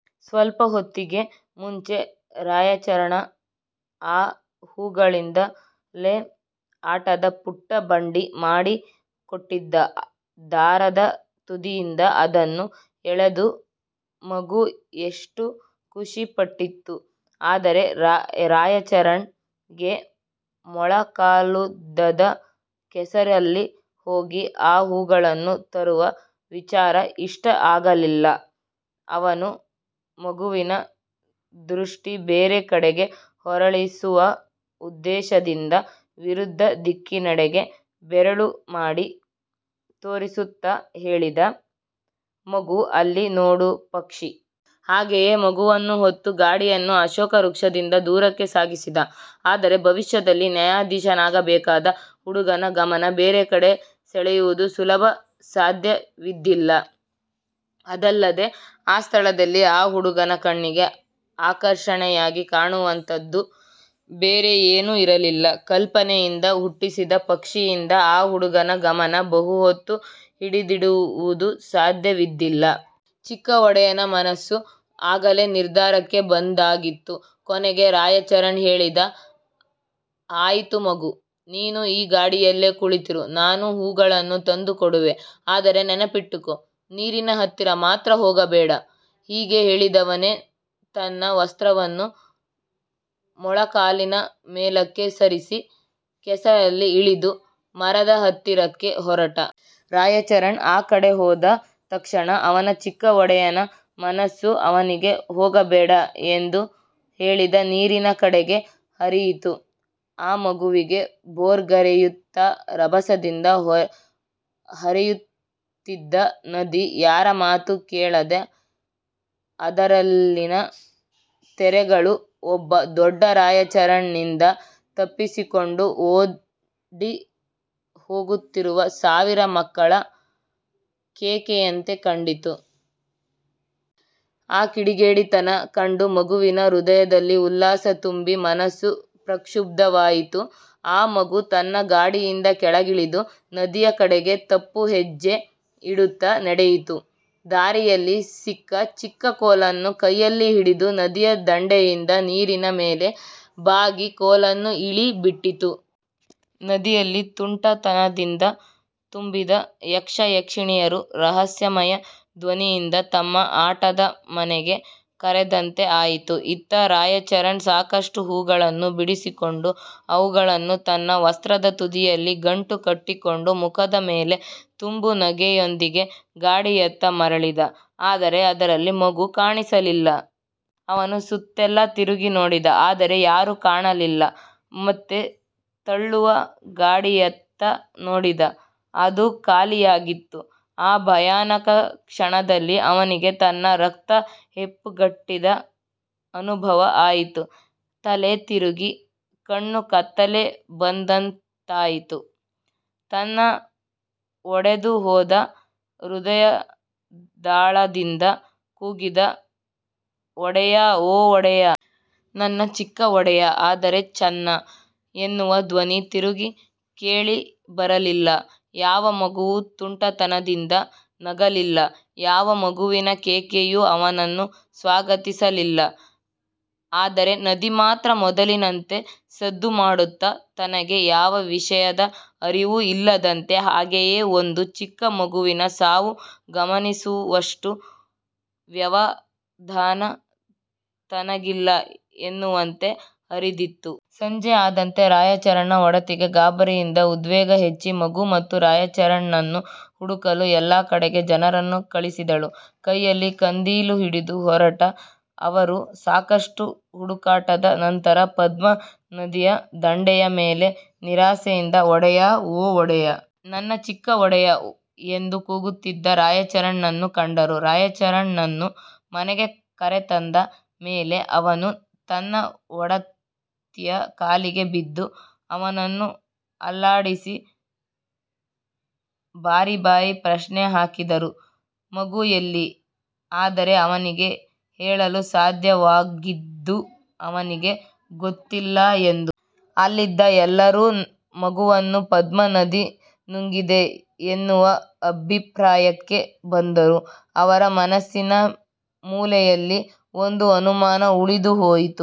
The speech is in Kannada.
ಸ್ವಲ್ಪ ಹೊತ್ತಿಗೆ ಮುಂಚೆ ರಾಯಚರಣ್ ಆ ಹೂಗಳಿಂದಲೇ ಆಟದ ಪುಟ್ಟ ಬಂಡಿ ಮಾಡಿ ಕೊಟ್ಟಿದ್ದ. ದಾರದ ತುದಿಯಿಂದ ಅದನ್ನು ಎಳೆದು ಮಗು ಎಷ್ಟು ಖುಷಿ ಪಟ್ಟಿತ್ತು. ಆದರೆ ರಾಯಚರಣ್ ಗೆ ಮೊಳ ಕಾಲುದ್ದದ ಕೆಸರಲ್ಲಿ ಹೋಗಿ ಆ ಹೂಗಳನ್ನು ತರುವ ವಿಚಾರ ಇಷ್ಟ ಆಗಲಿಲ್ಲ. ಅವನು ಮಗುವಿನ ದೃಷ್ಟಿ ಬೇರೆ ಕಡೆಗೆ ಹೊರಳಿಸುವ ಉದ್ದೇಶದಿಂದ, ವಿರುದ್ಧ ದಿಕ್ಕಿನೆಡೆಗೆ ಬೆರಳು ಮಾಡಿ ತೋರಿಸುತ್ತ ಹೇಳಿದ "ಮಗು, ಅಲ್ಲಿ ನೋಡು ಪಕ್ಷಿ! ". ಹಾಗೆಯೇ ಮಗುವನ್ನು ಹೊತ್ತ ಗಾಡಿಯನ್ನು ಅಶೋಕ ವೃಕ್ಷದಿಂದ ದೂರಕ್ಕೆ ಸಾಗಿಸಿದ. ಆದರೆ, ಭವಿಷ್ಯದಲ್ಲಿ ನ್ಯಾಯಾಧೀಶನಾಗಬೇಕಾದ ಹುಡುಗನ ಗಮನ ಬೇರೆ ಕಡೆ ಸೆಳೆಯುವುದು ಸುಲಭ ಸಾಧ್ಯವಿದ್ದಿಲ್ಲ. ಅದಲ್ಲದೆ, ಆ ಸ್ಥಳದಲ್ಲಿ ಆ ಹುಡುಗನ ಕಣ್ಣಿಗೆ ಆಕರ್ಷಣೆಯಾಗಿ ಕಾಣುವಂಥದ್ದು ಬೇರೆ ಎನೂ ಇರಲಿಲ್ಲ. ಕಲ್ಪನೆಯಿಂದ ಹುಟ್ಟಿಸಿದ ಪಕ್ಷಿಯಿಂದ ಆ ಹುಡುಗನ ಗಮನ ಬಹು ಹೊತ್ತು ಹಿಡಿದಿಡುವುದು ಸಾಧ್ಯವಿದ್ದಿಲ್ಲ. ಚಿಕ್ಕ ಒಡೆಯನ ಮನಸ್ಸು ಆಗಲೇ ನಿರ್ಧಾರಕ್ಕೆ ಬಂದಾಗಿತ್ತು. ಕೊನೆಗೆ ರಾಯಚರಣ್ ಹೇಳಿದ "ಆಯಿತು, ಮಗು. ನೀನು ಈ ಗಾಡಿಯಲ್ಲೇ ಕುಳಿತಿರು. ನಾನು ಹೂ ಗಳನ್ನು ತಂದು ಕೊಡುವೆ. ಆದರೆ ನೆನಪಿಟ್ಟಿಕೋ, ನೀರಿನ ಹತ್ತಿರ ಮಾತ್ರ ಹೋಗಬೇಡ". ಹೀಗೆ ಹೇಳಿದವನೇ, ತನ್ನ ವಸ್ತ್ರವನ್ನು ಮೊಳ ಕಾಲಿನ ಮೇಲಕ್ಕೆ ಸರಿಸಿ, ಕೆಸರಲ್ಲಿ ಇಳಿದು, ಮರದ ಹತ್ತಿರಕ್ಕೆ ಹೊರಟ. ರಾಯಚರಣ್ ಆ ಕಡೆ ಹೋದ ತಕ್ಷಣ, ಅವನ ಚಿಕ್ಕ ಒಡೆಯನ ಮನಸ್ಸು ಅವನಿಗೆ ಹೋಗಬೇಡ ಎಂದು ಹೇಳಿದ ನೀರಿನ ಕಡೆಗೆ ಹರಿಯಿತು. ಅ ಮಗುವಿಗೆ ಭೋರ್ಗರೆಯುತ್ತಾ, ರಭಸದಿಂದ ಹರೆಯುತ್ತಿದ್ದ ನದಿ, ಯಾರ ಮಾತು ಕೇಳದ ಅದರಲ್ಲಿನ ತೆರೆಗಳು ಒಬ್ಬ ದೊಡ್ಡ ರಾಯಚರಣ್ ನಿಂದ ತಪ್ಪಿಸಿಕೊಂಡು ಓಡಿ ಹೋಗುತ್ತಿರುವ ಸಾವಿರ ಮಕ್ಕಳ ಕೇಕೆಯಂತೆ ಕಂಡಿತು. ಆ ಕಿಡಿಗೇಡಿತನ ಕಂಡ ಮಗುವಿನ ಹೃದಯದಲ್ಲಿ ಉಲ್ಲಾಸ ತುಂಬಿ ಮನಸ್ಸು ಪ್ರಕ್ಷುಬ್ಧವಾಯಿತು. ಆ ಮಗು ತನ್ನ ಗಾಡಿಯಿಂದ ಕೆಳಗಿಳಿದು, ನದಿಯ ಕಡೆಗೆ ತಪ್ಪು ಹೆಜ್ಜೆ ಇಡುತ್ತ ನಡೆಯಿತು. ದಾರಿಯಲ್ಲಿ ಸಿಕ್ಕ ಚಿಕ್ಕ ಕೋಲನ್ನು ಕೈಯಲ್ಲಿ ಹಿಡಿದು, ನದಿಯ ದಂಡೆಯಿಂದ ನೀರಿನ ಮೇಲೆ ಬಾಗಿ, ಕೋಲನ್ನು ಇಳಿ ಬಿಟ್ಟಿತು. ನದಿಯಲ್ಲಿ ತುಂಟತನದಿಂದ ತುಂಬಿದ ಯಕ್ಷ, ಯಕ್ಷಿಣಿಯರು ರಹಸ್ಯಮಯ ಧ್ವನಿಯಿಂದ ತಮ್ಮ ಆಟದ ಮನೆಗೆ ಕರೆದಂತೆ ಆಯಿತು. ಇತ್ತ ರಾಯಚರಣ್ ಸಾಕಷ್ಟು ಹೂ ಗಳನ್ನು ಬಿಡಿಸಿಕೊಂಡು, ಅವುಗಳನ್ನು ತನ್ನ ವಸ್ತ್ರದ ತುದಿಯಲ್ಲಿ ಗಂಟು ಕಟ್ಟಿಕೊಂಡು, ಮುಖದ ಮೇಲೆ ತುಂಬು ನಗೆಯೊಂದಿಗೆ ಗಾಡಿಯತ್ತ ಮರಳಿದ. ಆದರೆ ಅದರಲ್ಲಿ ಮಗುಕಾಣಿಸಲಿಲ್ಲ. ಅವನು ಸುತ್ತೆಲ್ಲ ತಿರುಗಿ ನೋಡಿದ, ಆದರೆ ಯಾರೂ ಕಾಣಲಿಲ್ಲ. ಮತ್ತೆ ತಳ್ಳುವ ಗಾಡಿಯತ್ತ ನೋಡಿದ, ಅದು ಖಾಲಿಯಾಗಿತ್ತು. ಆ ಭಯಾನಕ ಕ್ಷಣದಲ್ಲಿ, ಅವನಿಗೆ ತನ್ನ ರಕ್ತ ಹೆಪ್ಪುಗಟ್ಟಿದ ಅನುಭವ ಆಯಿತು. ತಲೆ ತಿರುಗಿ ಕಣ್ಣು ಕತ್ತಲೆ ಬಂದಂತಾಯಿತು. ತನ್ನ ಒಡೆದು ಹೋದ ಹೃದಯದಾಳದಿಂದ ಕೂಗಿದ "ಒಡೆಯ, ಓ ಒಡೆಯ. ನನ್ನ ಚಿಕ್ಕ ಒಡೆಯ". ಆದರೆ "ಚನ್ನಾ" ಎನ್ನುವ ಧ್ವನಿ ತಿರುಗಿ ಕೇಳಿ ಬರಲಿಲ್ಲ. ಯಾವ ಮಗುವೂ ತುಂಟತನದಿಂದ ನಗಲಿಲ್ಲ. ಯಾವ ಮಗುವಿನ ಕೇಕೆಯು ಅವನನ್ನು ಸ್ವಾಗತಿಸಲಿಲ್ಲ. ಆದರೆ ನದಿ ಮಾತ್ರ ಮೊದಲಿನಂತೆ ಸದ್ದು ಮಾಡುತ್ತಾ, ತನಗೆ ಯಾವ ವಿಷಯದ ಅರಿವೂ ಇಲ್ಲದಂತೆ ಹಾಗೆಯೇ ಒಂದು ಚಿಕ್ಕ ಮಗುವಿನ ಸಾವು ಗಮನಿಸುವಷ್ಟು ವ್ಯವಧಾನ ತನಗಿಲ್ಲ ಎನ್ನುವಂತೆ ಹರಿದಿತ್ತು. ಸಂಜೆ ಆದಂತೆ ರಾಯಚರಣ್ ನ ಒಡತಿಗೆ ಗಾಬರಿಯಿಂದ ಉದ್ವೇಗ ಹೆಚ್ಚಿ, ಮಗು ಮತ್ತು ರಾಯಚರಣ್ ನನ್ನು ಹುಡುಕಲು ಎಲ್ಲ ಕಡೆಗೆ ಜನರನ್ನು ಕಳಿಸಿದಳು. ಕೈಯಲ್ಲಿ ಕಂದೀಲು ಹಿಡಿದು ಹೋರಟ ಅವರು ಸಾಕಷ್ಟು ಹುಡುಕಾಟದ ನಂತರ ಪದ್ಮ ನದಿಯ ದಂಡೆಯ ಮೇಲೆ, ನಿರಾಸೆಯಿಂದ "ಒಡೆಯ, ಓ ಒಡೆಯ. ನನ್ನ ಚಿಕ್ಕ ಒಡೆಯ" ಎಂದು ಕೂಗುತ್ತಿದ್ದ ರಾಯಚರಣ್ ನನ್ನು ಕಂಡರು. ರಾಯಚರಣ್ ನನ್ನು ಮನೆಗೆ ಕರೆ ತಂದ ಮೇಲೆ ಅವನು ತನ್ನ ಒಡತಿಯ ಕಾಲಿಗೆ ಬಿದ್ದ. ಅವನನ್ನು ಅಲ್ಲಾಡಿಸಿ, ಬಾರಿ ಬಾರಿ ಪ್ರಶ್ನೆ ಹಾಕಿದರು "ಮಗು ಎಲ್ಲಿ". ಆದರೆ ಅವನಿಗೆ ಹೇಳಲು ಸಾಧ್ಯವಾಗಿದ್ದು ಅವನಿಗೆ ಗೊತ್ತಿಲ್ಲ ಎಂದು. ಅಲ್ಲಿದ್ದ ಎಲ್ಲರೂ ಮಗುವನ್ನು ಪದ್ಮ ನದಿ ನುಂಗಿದೆ ಎನ್ನುವ ಅಭಿಪ್ರಾಯಕ್ಕೆ ಬಂದರೂ, ಅವರ ಮನಸ್ಸಿನ ಮೂಲೆಯಲ್ಲಿ ಒಂದು ಅನುಮಾನ ಉಳಿದು ಹೋಯಿತು.